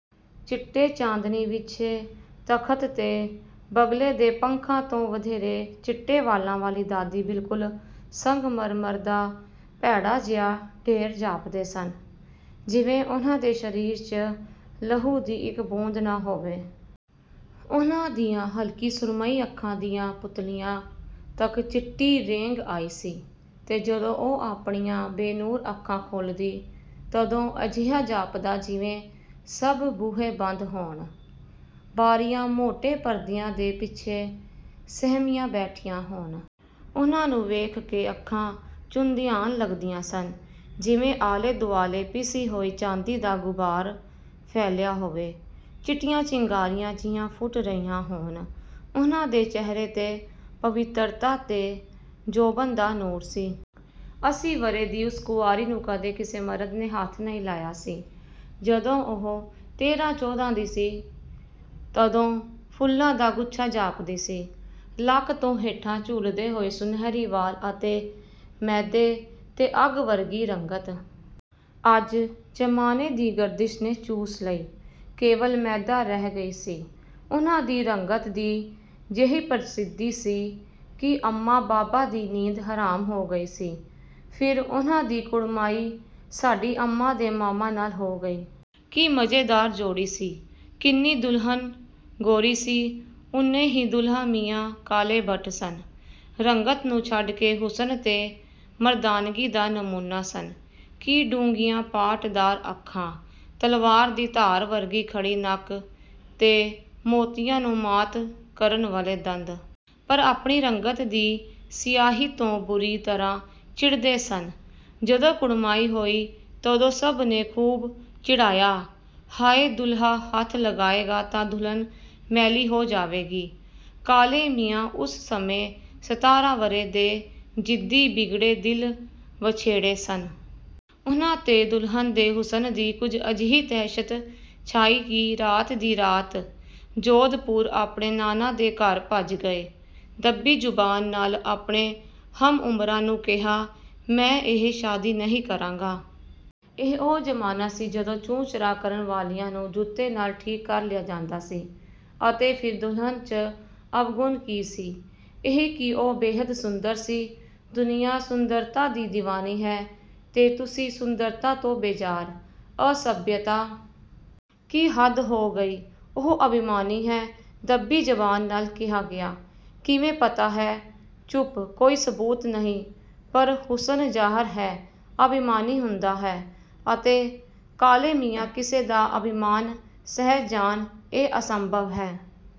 ਚਿੱਟੇ ਚਾਂਦਨੀ ਵਿਛੇ ਤਖ਼ਤ 'ਤੇ ਬਗਲੇ ਦੇ ਪੰਖਾਂ ਤੋਂ ਵਧੇਰੇ ਚਿੱਟੇ ਵਾਲਾਂ ਵਾਲੀ ਦਾਦੀ ਬਿਲਕੁਲ ਸੰਗਮਰਮਰ ਦਾ ਭੈੜਾ ਜਿਹਾ ਢੇਰ ਜਾਪਦੇ ਸਨ, ਜਿਵੇਂ ਉਨ੍ਹਾਂ ਦੇ ਸਰੀਰ 'ਚ ਲਹੂ ਦੀ ਇੱਕ ਬੂੰਦ ਨਾ ਹੋਵੇ। ਉਨ੍ਹਾਂ ਦੀਆਂ ਹਲਕੀ ਸੁਰਮਈ ਅੱਖਾਂ ਦੀਆਂ ਪੁਤਲੀਆਂ ਤੱਕ ਚਿੱਟੀ ਰੇਂਘ ਆਈ ਸੀ ਤੇ ਜਦੋਂ ਉਹ ਆਪਣੀਆਂ ਬੇਨੂਰ ਅੱਖਾਂ ਖੋਲ੍ਹਦੀ, ਤਦੋਂ ਅਜਿਹਾ ਜਾਪਦਾ, ਜਿਵੇਂ ਸਭ ਬੂਹੇ ਬੰਦ ਹੋਣ। ਬਾਰੀਆਂ ਮੋਟੇ ਪਰਦਿਆਂ ਦੇ ਪਿੱਛੇ ਸਹਿਮੀਆਂ ਬੈਠੀਆਂ ਹੋਣ। ਉਨ੍ਹਾਂ ਨੂੰ ਵੇਖ ਕੇ ਅੱਖਾਂ ਚੁੰਧਿਆਣ ਲੱਗਦੀਆਂ ਸਨ, ਜਿਵੇਂ ਆਲੇ-ਦੁਆਲੇ ਪਿਸੀ ਹੋਈ ਚਾਂਦੀ ਦਾ ਗੁਬਾਰ ਫੈਲਿਆ ਹੋਵੇ। ਚਿੱਟੀਆਂ ਚਿੰਗਾਰੀਆਂ ਜਿਹੀਆਂ ਫੁੱਟ ਰਹੀਆਂ ਹੋਣ। ਉਨ੍ਹਾਂ ਦੇ ਚਿਹਰੇ 'ਤੇ ਪਵਿੱਤਰਤਾ ਤੇ ਜੋਬਨ ਦਾ ਨੂਰ ਸੀ। ਅੱਸੀ ਵਰ੍ਹੇ ਦੀ ਉਸ ਕੁਆਰੀ ਨੂੰ ਕਦੇ ਕਿਸੇ ਮਰਦ ਨੇ ਹੱਥ ਨਹੀਂ ਲਾਇਆ ਸੀ। ਜਦੋਂ ਉਹ ਤੇਰਾ-ਚੋਦ੍ਹਾ ਦੀ ਸੀ, ਤਦੋਂ ਫੁੱਲਾਂ ਦਾ ਗੁੱਛਾ ਜਾਪਦੀ ਸੀ। ਲੱਕ ਤੋਂ ਹੇਠਾਂ ਝੂਲਦੇ ਹੋਏ ਸੁਨਹਿਰੀ ਵਾਲ ਅਤੇ ਮੈਦੇ 'ਤੇ ਅੱਗ ਵਰਗੀ ਰੰਗਤ। ਅੱਜ ਜ਼ਮਾਨੇ ਦੀ ਗਰਦਿਸ਼ ਨੇ ਚੂਸ ਲਈ। ਕੇਵਲ ਮੈਦਾ ਰਹਿ ਗਈ ਸੀ। ਉਨ੍ਹਾਂ ਦੀ ਰੰਗਤ ਦੀ ਜਿਹੀ ਪ੍ਰਸਿੱਧੀ ਸੀ ਕਿ ਅੰਮਾ ਬਾਬਾ ਦੀ ਨੀਂਦ ਹਰਾਮ ਹੋ ਗਈ ਸੀ। ਫਿਰ ਉਨ੍ਹਾਂ ਦੀ ਕੁੜਮਾਈ ਸਾਡੀ ਅੰਮਾ ਦੇ ਮਾਮਾ ਨਾਲ ਹੋ ਗਈ। ਕੀ ਮਜ਼ੇਦਾਰ ਜੋੜੀ ਸੀ। ਕਿੰਨੀ ਦੁਲਹਨ ਗੋਰੀ ਸੀ, ਉਨੇ ਹੀ ਦੁਲਹਾ ਮੀਆਂ ਕਾਲੇ ਭੱਟ ਸਨ। ਰੰਗਤ ਨੂੰ ਛੱਡ ਕੇ ਹੁਸਨ ਤੇ ਮਰਦਾਨਗੀ ਦਾ ਨਮੂਨਾ ਸਨ। ਕੀ ਡੂੰਘੀਆਂ ਪਾਟਦਾਰ ਅੱਖਾਂ। ਤਲਵਾਰ ਦੀ ਧਾਰ ਵਰਗੀ ਖੜ੍ਹੀ ਨੱਕ ਤੇ ਮੋਤੀਆਂ ਨੂੰ ਮਾਤ ਕਰਨ ਵਾਲੇ ਦੰਦ। ਪਰ ਆਪਣੀ ਰੰਗਤ ਦੀ ਸਿਆਹੀ ਤੋਂ ਬੁਰੀ ਤਰ੍ਹਾਂ ਚਿੜ੍ਹਦੇ ਸਨ। ਜਦੋਂ ਕੁੜਮਾਈ ਹੋਈ, ਤਦੋਂ ਸਭ ਨੇ ਖੂਬ ਚਿੜ੍ਹਾਇਆ 'ਹਾਏ! ਦੂਲਹਾ ਹੱਥ ਲਗਾਏਗਾ ਤਾਂ ਦੁਲਹਨ ਮੈਲੀ ਹੋ ਜਾਵੇਗੀ।' ਕਾਲੇ ਮੀਆਂ ਉਸ ਸਮੇਂ ਸਤਾਰ੍ਹਾਂ ਵਰ੍ਹੇ ਦੇ ਜ਼ਿੱਦੀ, ਬਿਗੜੇ ਦਿਲ ਵਛੇੜੇ ਸਨ। ਉਨ੍ਹਾਂ 'ਤੇ ਦੁਲਹਨ ਦੇ ਹੁਸਨ ਦੀ ਕੁਝ ਅਜਿਹੀ ਦਹਿਸ਼ਤ ਛਾਈ ਕਿ ਰਾਤ ਦੀ ਰਾਤ ਜੋਧਪੁਰ ਆਪਣੇ ਨਾਨਾ ਦੇ ਘਰ ਭੱਜ ਗਏ। ਦੱਬੀ ਜ਼ਬਾਨ ਨਾਲ ਆਪਣੇ ਹਮ-ਉਮਰਾਂ ਨੂੰ ਕਿਹਾ, 'ਮੈਂ ਇਹ ਸ਼ਾਦੀ ਨਹੀਂ ਕਰਾਂਗਾ।' ਇਹ ਉਹ ਜ਼ਮਾਨਾ ਸੀ, ਜਦੋਂ ਚੂੰ-ਚਰਾਂ ਕਰਨ ਵਾਲਿਆਂ ਨੂੰ ਜੁੱਤੇ ਨਾਲ ਠੀਕ ਕਰ ਲਿਆ ਜਾਂਦਾ ਸੀ। ਅਤੇ ਫਿਰ ਦੁਲਹਨ 'ਚ ਅਵਗੁਣ ਕੀ ਸੀ? ਇਹੀ ਕਿ ਉਹ ਬੇਹੱਦ ਸੁੰਦਰ ਸੀ। ਦੁਨੀਆ ਸੁੰਦਰਤਾ ਦੀ ਦੀਵਾਨੀ ਹੈ ਤੇ ਤੁਸੀਂ ਸੁੰਦਰਤਾ ਤੋਂ ਬੇਜ਼ਾਰ। ਅਸੱਭਿਅਤਾ ਦੀ ਹੱਦ ਹੋ ਗਈ। 'ਉਹ ਅਭਿਮਾਨੀ ਹੈ।' ਦੱਬੀ ਜ਼ਬਾਨ ਨਾਲ ਕਿਹਾ ਗਿਆ। 'ਕਿਵੇਂ ਪਤਾ ਹੈ?' ਚੁੱਪ! ਕੋਈ ਸਬੂਤ ਨਹੀਂ, ਪਰ ਹੁਸਨ, ਜ਼ਾਹਰ ਹੈ, ਅਭਿਮਾਨੀ ਹੁੰਦਾ ਹੈ। ਅਤੇ ਕਾਲੇ ਮੀਆਂ ਕਿਸੇ ਦਾ ਅਭਿਮਾਨ ਸਹਿ ਜਾਣ ਇਹ ਅਸੰਭਵ ਹੈ।